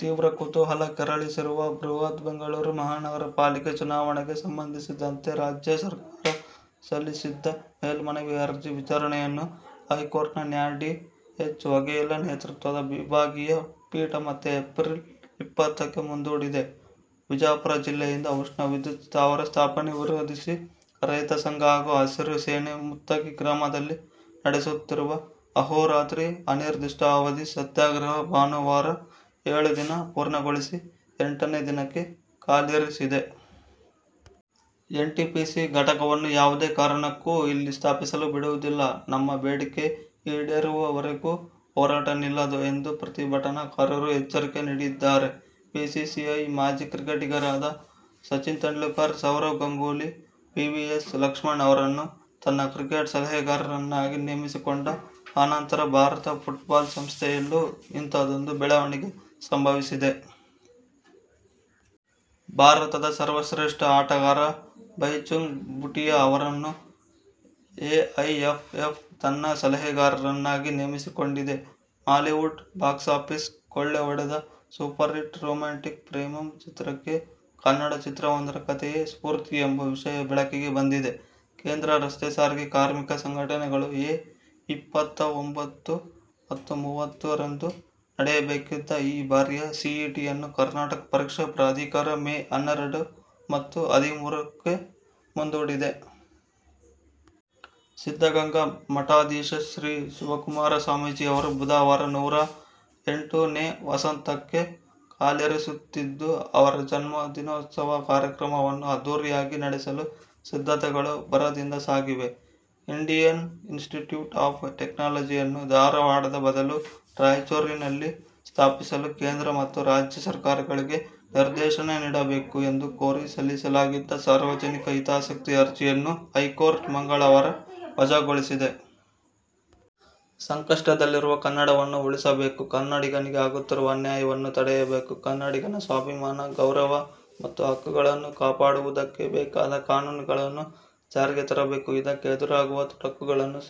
ತೀವ್ರ ಕುತೂಹಲ ಕೆರಳಿಸಿರುವ ಬೃಹತ್ ಬೆಂಗಳೂರು ಮಹಾನಗರ ಪಾಲಿಕೆ ಚುನಾವಣೆಗೆ ಸಂಬಂಧಿಸಿದಂತೆ ರಾಜ್ಯ ಸರ್ಕಾರ ಸಲ್ಲಿಸಿದ್ದ ಮೇಲ್ಮನವಿ ಅರ್ಜಿ ವಿಚಾರಣೆಯನ್ನು ಹೈಕೋರ್ಟ್ ನ ನ್ಯಾ. ಡಿ. ಎಚ್. ವಘೇಲಾ ನೇತೃತ್ವದ ವಿಭಾಗೀಯ ಪೀಠ ಮತ್ತೆ ಏಪ್ರಿಲ್ ಇಪ್ಪತ್ತಕ್ಕೆ ಮುಂದೂಡಿದೆ. ವಿಜಾಪುರ ಜಿಲ್ಲೆಯಿಂದ ಉಷ್ಣ ವಿದ್ಯುತ್ ಸ್ಥಾವರ ಸ್ಥಾಪನೆ ವಿರೋಧಿಸಿ ರೈತ ಸಂಘ ಹಾಗೂ ಹಸಿರು ಸೇನೆ ಮುತ್ತಗಿ ಗ್ರಾಮದಲ್ಲಿ ನಡೆಸುತ್ತಿರುವ ಅಹೋರಾತ್ರಿ ಅನಿರ್ದಿಷ್ಟಾವಧಿ ಸತ್ಯಾಗ್ರಹ ಭಾನುವಾರ ಏಳು ದಿನ ಪೂರ್ಣಗೊಳಿಸಿ ಎಂಟನೇ ದಿನಕ್ಕೆ ಕಾಲಿರಿಸಿದೆ. ಎನ್ಟಿಪಿಸಿ ಘಟಕವನ್ನು ಯಾವುದೇ ಕಾರಣಕ್ಕೂ ಇಲ್ಲಿ ಸ್ಥಾಪಿಸಲು ಬಿಡುವುದಿಲ್ಲ. ನಮ್ಮ ಬೇಡಿಕೆ ಈಡೇರುವವರೆಗೂಹೋರಾಟ ನಿಲ್ಲದು ಎಂದು ಪ್ರತಿಭಟನಾಕಾರರು ಎಚ್ಚರಿಕೆ ನೀಡಿದ್ದಾರೆ. ಬಿಸಿಸಿಐ ಮಾಜಿ ಕ್ರಿಕೆಟಿಗರಾದ ಸಚಿನ್ ತೆಂಡುಲ್ಕರ್, ಸೌರವ್ ಗಂಗೂಲಿ, ವಿವಿಎಸ್ ಲಕ್ಷ್ಮಣ್ ಅವರನ್ನು ತನ್ನ ಕ್ರಿಕೆಟ್ ಸಲಹೆಗಾರರನ್ನಾಗಿ ನೇಮಿಸಿಕೊಂಡ ಅನಂತರ ಭಾರತ ಫುಟ್ಬಾಲ್ ಸಂಸ್ಥೆಯಲ್ಲೂ ಇಂಥದೊಂದು ಬೆಳವಣಿಗೆ ಸಂಭವಿಸಿದೆ. ಭಾರತದ ಸರ್ವಶ್ರೇಷ್ಠ ಆಟಗಾರ ಬೈಚುಂಗ್ ಭುಟಿಯಾ ಅವರನ್ನು ಎಐಎಫ್ಎಫ್ ತನ್ನ ಸಲಹೆಗಾರರನ್ನಾಗಿ ನೇಮಿಸಿಕೊಂಡಿದೆ. ಮಾಲಿವುಡ್ ಬಾಕ್ಸಾಫೀಸ್ ಕೊಳ್ಳೆಹೊಡೆದ ಸೂಪರ್ ಹಿಟ್ ರೊಮ್ಯಾಂಟಿಕ್ ಪ್ರೇಮಂ ಚಿತ್ರಕ್ಕೆ ಕನ್ನಡ ಚಿತ್ರವೊಂದರ ಕಥೆಯೇ ಸ್ಪೂರ್ತಿ ಎಂಬ ವಿಷಯ ಬೆಳಕಿಗೆ ಬಂದಿದೆ. ಕೇಂದ್ರ ರಸ್ತೆ ಸಾರಿಗೆ ಕಾರ್ಮಿಕ ಸಂಘಟನೆಗಳು ಎ. ಇಪ್ಪತ್ತಒಂಬತ್ತು ಮತ್ತು ಮೂವತ್ತು ರಂದು ನಡೆಯಬೇಕಿದ್ದ ಈ ಬಾರಿಯ ಸಿಇಟಿಯನ್ನು ಕರ್ನಾಟಕ ಪರೀಕ್ಷಾ ಪ್ರಾಧಿಕಾರ ಮೇ ಹನ್ನೆರಡು ಮತ್ತು ಹದಿಮೂರು ಕ್ಕೆ ಮುಂದೂಡಿದೆ. ಸಿದ್ಧಗಂಗಾ ಮಠಾಧೀಶ ಶ್ರೀ ಶಿವಕುಮಾರ ಸ್ವಾಮೀಜಿ ಅವರು ಬುಧವಾರ ನೂರಾ ಎಂಟು ನೇ ವಸಂತಕ್ಕೆ ಕಾಲಿರಿಸುತ್ತಿದ್ದು, ಅವರ ಜನ್ಮದಿನೋತ್ಸವ ಕಾರ್ಯಕ್ರಮವನ್ನು ಅದ್ಧೂರಿಯಾಗಿ ನಡೆಸಲು ಸಿದ್ಧತೆಗಳು ಭರದಿಂದ ಸಾಗಿವೆ. ಇಂಡಿಯನ್ ಇನ್ಸ್ಟಿಟ್ಯೂಟ್ ಆಫ್ ಟೆಕ್ನಾಲಜಿ ಯನ್ನು ಧಾರವಾಡದ ಬದಲು ರಾಯಚೂರಿನಲ್ಲಿ ಸ್ಥಾಪಿಸಲು ಕೇಂದ್ರ ಮತ್ತು ರಾಜ್ಯ ಸರಕಾರಗಳಿಗೆ ನಿರ್ದೇಶನ ನೀಡಬೇಕು ಎಂದು ಕೋರಿ ಸಲ್ಲಿಸಲಾಗಿದ್ದ ಸಾರ್ವಜನಿಕ ಹಿತಾಸಕ್ತಿ ಅರ್ಜಿಯನ್ನು ಹೈಕೋರ್ಟ್ ಮಂಗಳವಾರ ವಜಾಗೊಳಿಸಿದೆ. ಸಂಕಷ್ಟದಲ್ಲಿರುವ ಕನ್ನಡವನ್ನು ಉಳಿಸಬೇಕು. ಕನ್ನಡಿಗನಿಗೆ ಆಗುತ್ತಿರುವ ಅನ್ಯಾಯವನ್ನು ತಡೆಯ ಬೇಕು. ಕನ್ನಡಿಗನ ಸ್ವಾಭಿಮಾನ, ಗೌರವ ಮತ್ತು ಹಕ್ಕು ಗಳನ್ನು ಕಾಪಾಡುವುದಕ್ಕೆ ಬೇಕಾದ ಕಾನೂನುಗಳನ್ನು ಜಾರಿಗೆ ತರಬೇಕು. ಇದಕ್ಕೆ ಎದುರಾಗುವ ತೊಡಕುಗಳನ್ನು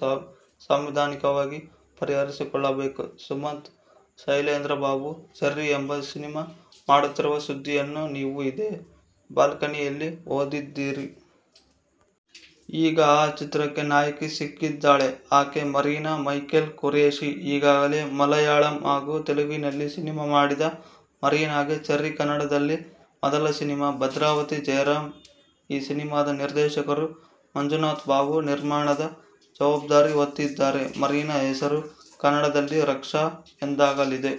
ಸಾಂವಿಧಾನಿಕವಾಗಿ ಪರಿಹರಿಸಿಕೊಳ್ಳಬೇಕು. ಸುಮಂತ್ ಶೈಲೇಂದ್ರ ಬಾಬು ಚೆರ್ರಿ ಎಂಬ ಸಿನಿಮಾ ಮಾಡುತ್ತಿರುವ ಸುದ್ದಿಯನ್ನು ನೀವು ಇದೇ ಬಾಲ್ಕನಿಯಲ್ಲಿ ಓದಿದ್ದೀರಿ. ಈಗ ಆ ಚಿತ್ರಕ್ಕೆ ನಾಯಕಿ ಸಿಕ್ಕಿದ್ದಾಳೆ. ಆಕೆ ಮರೀನಾ ಮೈಕೆಲ್ ಖುರೇಶಿ. ಈಗಾಗಲೇ ಮಲಯಾಳಂ ಹಾಗೂ ತೆಲುಗಿನಲ್ಲಿ ಸಿನಿಮಾ ಮಾಡಿದ ಮರೀನಾಗೆ "ಚೆರ್ರಿ' ಕನ್ನಡದಲ್ಲಿ ಮೊದಲ ಸಿನಿಮಾ. ಭದ್ರಾವತಿ ಜಯರಾಂ ಈ ಸಿನಿಮಾದ ನಿರ್ದೇಶಕರು. ಮಂಜುನಾಥ್ ಬಾಬು ನಿರ್ಮಾಣದ ಜವಾಬ್ದಾರಿ ಹೊತ್ತಿದ್ದಾರೆ. ಮರೀನಾ ಹೆಸರು ಕನ್ನಡದಲ್ಲಿ ರಕ್ಷಾ ಎಂದಾಗಲಿದೆ.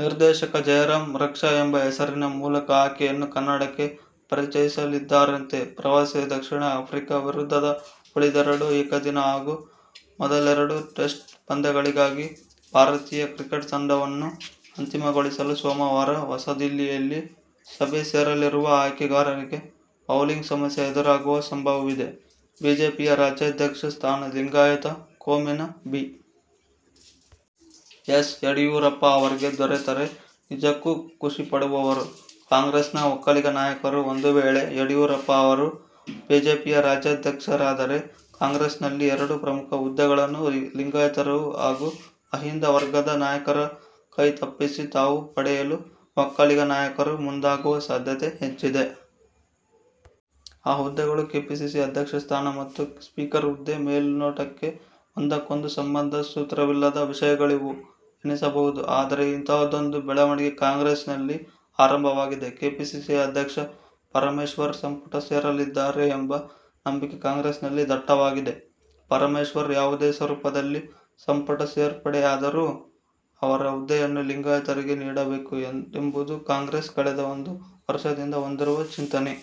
ನಿರ್ದೇಶಕ ಜಯರಾಂ ರಕ್ಷಾ ಎಂಬ ಹೆಸರಿನ ಮೂಲಕ ಆಕೆಯನ್ನು ಕನ್ನಡಕ್ಕೆ ಪರಿಚಯಿಸಲಿದ್ದಾರಂತೆ. ಪ್ರವಾಸಿ ದಕ್ಷಿಣ ಆಫ್ರಿಕಾ ವಿರುದ್ಧದ ಉಳಿದೆರಡು ಏಕದಿನ ಹಾಗೂ ಮೊದಲೆರಡು ಟೆಸ್ಟ್ ಪಂದ್ಯಗಳಿಗಾಗಿ ಭಾರತೀಯ ಕ್ರಿಕೆಟ್ ತಂಡವನ್ನು ಅಂತಿಮಗೊಳಿಸಲು ಸೋಮವಾರ ಹೊಸದಿಲ್ಲಿಯಲ್ಲಿ ಸಭೆ ಸೇರಲಿರುವ ಆಯ್ಕೆಗಾರರಿಗೆ ಬೌಲಿಂಗ್ ಸಮಸ್ಯೆ ಎದುರಾಗುವ ಸಂಭವವಿದೆ. ಬಿಜೆಪಿಯ ರಾಜ್ಯಾಧ್ಯಕ್ಷ ಸ್ಥಾನ ಲಿಂಗಾಯತ ಕೋಮಿನ ಬಿ. ಎಸ್. ಯಡಿಯೂರಪ್ಪ ಅವರಿಗೆ ದೊರೆತರೆ ನಿಜಕ್ಕೂ ಖುಷಿ ಪಡುವವರು ಕಾಂಗ್ರೆಸ್ನ ಒಕ್ಕಲಿಗ ನಾಯಕರು! ಒಂದು ವೇಳೆ ಯಡಿಯೂರಪ್ಪ ಅವರು ಬಿಜೆಪಿಯ ರಾಜ್ಯಾಧ್ಯಕ್ಷರಾದರೆ ಕಾಂಗ್ರೆಸ್ನಲ್ಲಿ ಎರಡು ಪ್ರಮುಖ ಹುದ್ದೆ ಗಳನ್ನು ಲಿಂಗಾಯತರುಹಾಗೂ ಅಹಿಂದ ವರ್ಗದ ನಾಯಕರ ಕೈತಪ್ಪಿಸಿ ತಾವು ಪಡೆಯಲು ಒಕ್ಕಲಿಗ ನಾಯಕರು ಮುಂದಾಗುವ ಸಾಧ್ಯತೆ ಹೆಚ್ಚಿದೆ. ಆ ಹುದ್ದೆಗಳು-ಕೆಪಿಸಿಸಿ ಅಧ್ಯಕ್ಷ ಸ್ಥಾನ ಮತ್ತು ಸ್ಪೀಕರ್ ಹುದ್ದೆ. ಮೇಲುನೋಟಕ್ಕೆ ಒಂದ ಕ್ಕೊಂದು ಸಂಬಂಧ ಸೂತ್ರವಿಲ್ಲದ ವಿಷಯಗಳಿವು ಎನಿಸಬಹುದು. ಆದರೆ, ಇಂತಹದೊಂದು ಬೆಳವಣಿಗೆ ಕಾಂಗ್ರೆಸ್ನಲ್ಲಿ ಆರಂಭವಾಗಿದೆ. ಕೆಪಿಸಿಸಿ ಅಧ್ಯಕ್ಷ ಪರಮೇಶ್ವರ್ ಸಂಪುಟ ಸೇರಲಿದ್ದಾರೆ ಎಂಬ ನಂಬಿಕೆ ಕಾಂಗ್ರೆಸ್ನಲ್ಲಿ ದಟ್ಟವಾಗಿದೆ. ಪರಮೇಶ್ವರ್ ಯಾವುದೇ ಸ್ವರೂಪದಲ್ಲಿ ಸಂಪುಟ ಸೇರ್ಪಡೆಯಾದರೂ ಅವರ ಹುದ್ದೆಯನ್ನು ಲಿಂಗಾಯತರಿಗೆ ನೀಡಬೇಕು ಎಂಬದು ಕಾಂಗ್ರೆಸ್ ಕಳೆದ ಒಂದು ವರ್ಷದಿಂದ ಹೊಂದಿರುವ ಚಿಂತನೆ.